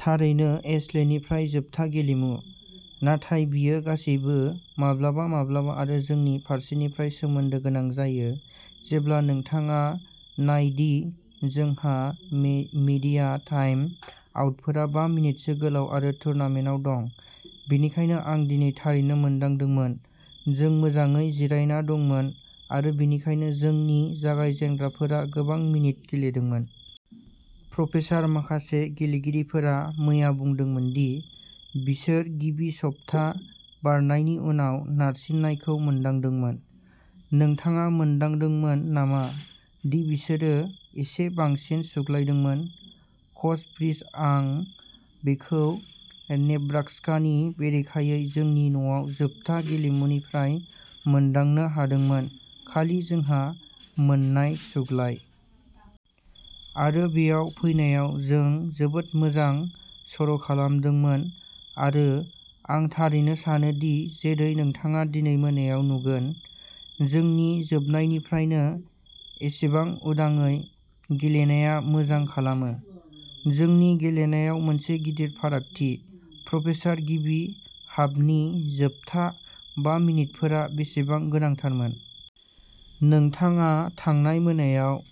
थारैनो एशलेनिफ्राय जोबथा गेलेमु, नाथाय बेयो गासैबो माब्लाबा-माब्लाबा आरो जोंनि फारसेनिफ्राय सोमोन्दो गोनां जायो जेब्ला नोंथाङा नायदि जोंहानि मीडिया टाइम आउटफोरा बा मिनिटसो गोलाव आरो टुर्नामेन्टआव दं, बेनिखायनो आं दिनै थारैनो मोनदांदोंमोन, जों मोजाङै जिरायना दंमोन, आरो बेनिखायनो जोंनि जागायजेनग्राफोरा गोबां मिनिट गेलेदोंमोन। प्रपेसार माखासे गेलेगिरिफोरा मैया बुंदोंमोन दि बिसोर गिबि सप्ता बारनायनि उनाव नारसिननायखौ मोनदांदोंमोन। नोंथाङा मोनदांदोंमोन नामा दि बिसोरो एसे बांसिन सुग्लायदोंमोन? कच फ्रीज आं बेखौ नेब्रास्कानि बेरेखायै जोंनि न'आव जोबथा गेलेमुनिफ्राय मोनदांनो हादोंमोन, खालि जोंहा मोननाय सुग्लाय। आरो बेयाव फैनायाव जों जोबोद मोजां सर'खालामदोंमोन आरो आं थारैनो सानोदि जेरै नोंथाङा दिनै मोनायाव नुगोन, जोंनि जोबनायनिफ्रायनो, एसेबां उदाङै गेलेनाया मोजां खालामो। जोंनि गेलेनायाव मोनसे गिदिर फारागथि। प्रपेसार गिबि हाफनि जोबथा बा मिनिटफोरा बेसेबां गोनांथारमोन। नोंथाङा थांनाय मोनायाव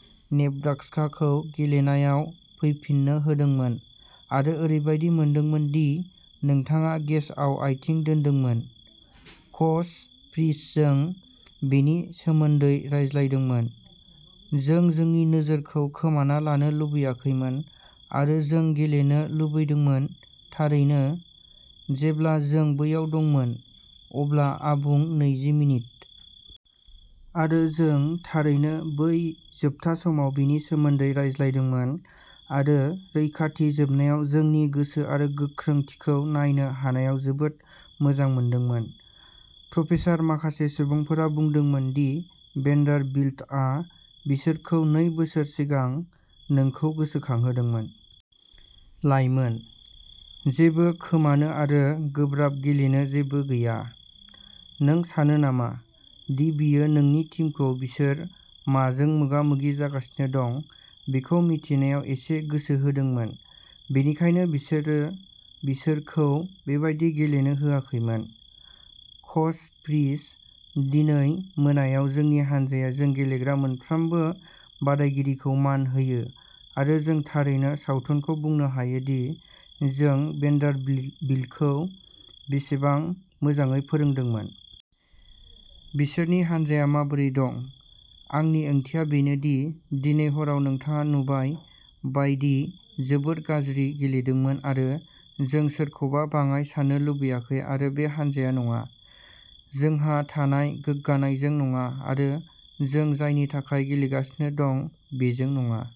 नेब्रास्काखौ गेलेनायाव फैफिननो होदोंमोन आरो ओरैबायदि मोनदोंमोन दि नोंथाङा गेसआव आथिं दोन्दोंमोन। कच फ्रीज जों बेनि सोमोन्दै रायज्लायदोंमोन। जों जोंनि नोजोरखौ खोमाना लानो लुबैयाखैमोन आरो जों गेलेनो लुबैदोंमोन, थारैनो, जेब्ला जों बैयाव दंमोन, अब्ला आबुं नैजि मिनिट। आरो जों थारैनो बै जोबथा समाव बेनि सोमोन्दै रायज्लायदोंमोन आरो रैखाथि जोबनायाव जोंनि गोसो आरो गोख्रोंथिखौ नायनो हानायाव जोबोद मोजां मोनदोंमोन। प्रपेसार माखासे सुबुंफोरा बुंदोंमोन दि भेन्डारबिल्टआ बिसोरखौ नै बोसोर सिगां नोंखौ गोसोखांहोदोंमोन। लाइमोन, जेबो खोमानो आरो गोब्राब गेलेनो जेबो गैया। नों सानो नामा दि बेयो नोंनि टीमखौ बिसोर माजों मोगा-मोगि जागासिनो दं बेखौ मिथिनायाव एसे गोसो होदोंमोन, बेनिखायनो बिसोरो बिसोरखौ बेबादि गेलेनो होआखैमोन। कच फ्रीज दिनै मोनायाव जोंनि हान्जाया जों गेलेग्रा मोनफ्रोमबो बादायगिरिखौ मान होयो आरो जों थारैनो सावथुनखौ बुंनो हायो दि जों भेन्डारबिल्टखौ बेसेबां मोजाङै फोरोंदोंमोन। बिसोरनि हान्जाया माबोरै दं, आंनि ओंथिया बेनो दि दिनै हराव नोंथाङा नुबाय बायदि जोबोद गाज्रि गेलेदोंमोन आरो जों सोरखौबा बाङाइ सान्नो लुबैयाखै आरो बे हान्जाया नङा। जोंहा थानाय गोग्गानायजों नङा आरो जों जायनि थाखाय गेलेगासिनो दं बेजों नङा।